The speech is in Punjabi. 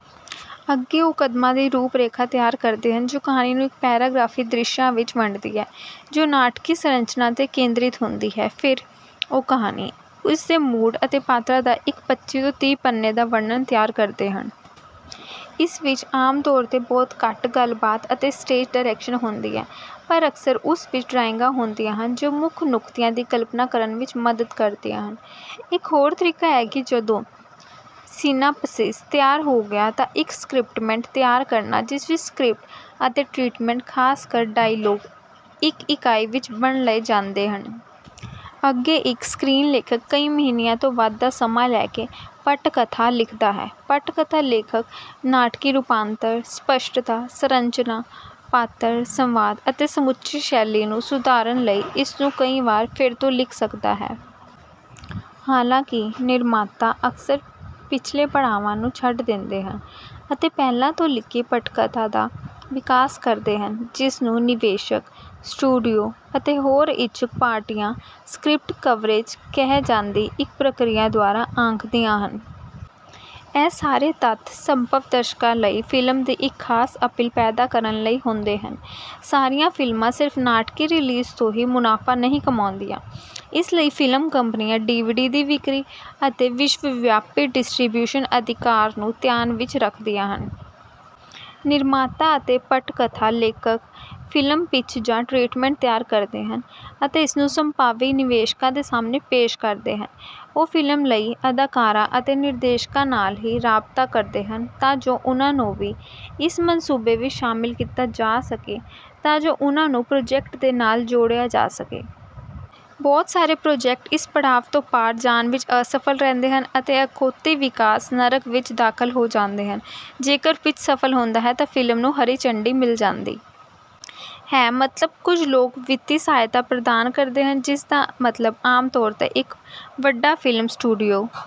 ਅੱਗੇ ਉਹ ਕਦਮਾਂ ਦੀ ਰੂਪ-ਰੇਖਾ ਤਿਆਰ ਕਰਦੇ ਹਨ, ਜੋ ਕਹਾਣੀ ਨੂੰ ਇੱਕ-ਪੈਰਾਗ੍ਰਾਫ਼ੀ ਦ੍ਰਿਸ਼ਾਂ ਵਿੱਚ ਵੰਡਦੀ ਹੈ ਜੋ ਨਾਟਕੀ ਸੰਰਚਨਾ 'ਤੇ ਕੇਂਦ੍ਰਿਤ ਹੁੰਦੀ ਹੈ। ਫਿਰ, ਉਹ ਕਹਾਣੀ, ਇਸ ਦੇ ਮੂਡ ਅਤੇ ਪਾਤਰਾਂ ਦਾ ਇੱਕ ਪੱਚੀ ਤੋਂ ਤੀਂਹ ਪੰਨੇ ਦਾ ਵਰਣਨ ਤਿਆਰ ਕਰਦੇ ਹਨ। ਇਸ ਵਿੱਚ ਆਮ ਤੌਰ 'ਤੇ ਬਹੁਤ ਘੱਟ ਗੱਲਬਾਤ ਅਤੇ ਸਟੇਜ ਡਾਇਰੈਕਸ਼ਨ ਹੁੰਦੀ ਹੈ, ਪਰ ਅਕਸਰ ਉਸ ਵਿੱਚ ਡਰਾਇੰਗਾਂ ਹੁੰਦੀਆਂ ਹਨ ਜੋ ਮੁੱਖ ਨੁਕਤਿਆਂ ਦੀ ਕਲਪਨਾ ਕਰਨ ਵਿੱਚ ਮਦ ਕਰਦੀਆਂ ਹਨ। ਇੱਕ ਹੋਰ ਤਰੀਕਾ ਇਹ ਹੈ ਕਿ ਜਦੋਂ ਸਿਨਾਪਸਿਸ ਤਿਆਰ ਹੋ ਗਿਆ ਤਾਂ ਇੱਕ ਸਕ੍ਰਿਪਟਮੈਂਟ ਤਿਆਰ ਕਰਨਾ ਜਿਸ ਵਿੱਚ ਸਕ੍ਰਿਪਟ ਅਤੇ ਟਰੀਟਮੈਂਟ ਖ਼ਾਸ ਕਰ ਡਾਇਲਾਗ ਇੱਕ ਇਕਾਈ ਵਿੱਚ ਬੰਨ੍ਹ ਲਏ ਜਾਂਦੇ ਹਨ। ਅੱਗੇ, ਇੱਕ ਸਕ੍ਰੀਨਲੇਖਕ ਕਈ ਮਹੀਨਿਆਂ ਤੋਂ ਵੱਧ ਦਾ ਸਮਾਂ ਲੈ ਕੇ ਪਟਕਥਾ ਲਿਖਦਾ ਹੈ। ਪਟਕਥਾ ਲੇਖਕ ਨਾਟਕੀ ਰੂਪਾਂਤਰ, ਸਪਸ਼ਟਤਾ, ਸੰਰਚਨਾ, ਪਾਤਰ, ਸੰਵਾਦ ਅਤੇ ਸਮੁੱਚੀ ਸ਼ੈਲੀ ਨੂੰ ਸੁਧਾਰਨ ਲਈ ਇਸਨੂੰ ਕਈ ਵਾਰ ਫਿਰ ਤੋਂ ਲਿਖ ਸਕਦਾ ਹੈ। ਹਾਲਾਂਕਿ, ਨਿਰਮਾਤਾ ਅਕਸਰ ਪਿਛਲੇ ਪੜਾਵਾਂ ਨੂੰ ਛੱਡ ਦਿੰਦੇ ਹਨ ਅਤੇ ਪਹਿਲਾਂ ਤੋਂ ਲਿਖੀ ਪਟਕਥਾ ਦਾ ਵਿਕਾਸ ਕਰਦੇ ਹਨ ਜਿਸਨੂੰ ਨਿਵੇਸ਼ਕ, ਸਟੂਡੀਓ ਅਤੇ ਹੋਰ ਇੱਛੁਕ ਪਾਰਟੀਆਂ ਸਕ੍ਰਿਪਟ ਕਵਰੇਜ ਕਹੀ ਜਾਂਦੀ ਇੱਕ ਪ੍ਰਕਿਰਿਆ ਦੁਆਰਾ ਆਂਕਦੀਆਂ ਹਨ। ਇਹ ਸਾਰੇ ਤੱਤ ਸੰਭਵ ਦਰਸ਼ਕਾਂ ਲਈ ਫ਼ਿਲਮ ਦੀ ਇੱਕ ਖਾਸ ਅਪੀਲ ਪੈਦਾ ਕਰਨ ਲਈ ਹੁੰਦੇ ਹਨ। ਸਾਰੀਆਂ ਫ਼ਿਲਮਾਂ ਸਿਰਫ਼ ਨਾਟਕੀ ਰਿਲੀਜ਼ ਤੋਂ ਹੀ ਮੁਨਾਫ਼ਾ ਨਹੀਂ ਕਮਾਉਂਦੀਆਂ, ਇਸ ਲਈ ਫ਼ਿਲਮ ਕੰਪਨੀਆਂ ਡੀਵੀਡੀ ਦੀ ਵਿਕਰੀ ਅਤੇ ਵਿਸ਼ਵਵਿਆਪੀ ਡਿਸਟ੍ਰੀਬਿਊਸ਼ਨ ਅਧਿਕਾਰ ਨੂੰ ਧਿਆਨ ਵਿੱਚ ਰੱਖਦੀਆਂ ਹਨ। ਨਿਰਮਾਤਾ ਅਤੇ ਪਟਕਥਾ ਲੇਖਕ ਫ਼ਿਲਮ ਪਿੱਚ ਜਾਂ ਟਰੀਟਮੈਂਟ ਤਿਆਰ ਕਰਦੇ ਹਨ ਅਤੇ ਇਸਨੂੰ ਸੰਭਾਵੀ ਨਿਵੇਸ਼ਕਾਂ ਦੇ ਸਾਹਮਣੇ ਪੇਸ਼ ਕਰਦੇ ਹਨ। ਉਹ ਫ਼ਿਲਮ ਲਈ ਅਦਾਕਾਰਾਂ ਅਤੇ ਨਿਰਦੇਸ਼ਕਾਂ ਨਾਲ ਵੀ ਰਾਬਤਾ ਕਰਦੇ ਹਨ ਤਾਂ ਜੋ ਉਨ੍ਹਾਂ ਨੂੰ ਵੀ ਇਸ ਮਨਸੂਬੇ ਵਿੱਚ ਸ਼ਾਮਲ ਕੀਤਾ ਜਾ ਸਕੇ ਤਾਂ ਜੋ ਉਹਨਾਂ ਨੂੰ ਪ੍ਰੋਜੈਕਟ ਦੇ ਨਾਲ ਜੋੜਿਆ ਜਾ ਸਕੇ। ਬਹੁਤ ਸਾਰੇ ਪ੍ਰੋਜੈਕਟ ਇਸ ਪੜਾਅ ਤੋਂ ਪਾਰ ਜਾਣ ਵਿੱਚ ਅਸਫਲ ਰਹਿੰਦੇ ਹਨ ਅਤੇ ਅਖੌਤੀ ਵਿਕਾਸ ਨਰਕ ਵਿੱਚ ਦਾਖ਼ਲ ਹੋ ਜਾਂਦੇ ਹਨ। ਜੇਕਰ ਪਿੱਚ ਸਫਲ ਹੁੰਦਾ ਹੈ ਤਾਂ ਫ਼ਿਲਮ ਨੂੰ ਹਰੀ ਝੰਡੀ ਮਿਲ ਜਾਂਦੀ ਹੈ, ਮਤਲਬ ਕੁਝ ਲੋਕ ਵਿੱਤੀ ਸਹਾਇਤਾ ਪ੍ਰਦਾਨ ਕਰਦੇ ਹਨ ਜਿਸਦਾ ਮਤਲਬ ਆਮ ਤੌਰ 'ਤੇ ਇੱਕ ਵੱਡਾ ਫ਼ਿਲਮ ਸਟੂਡੀਓ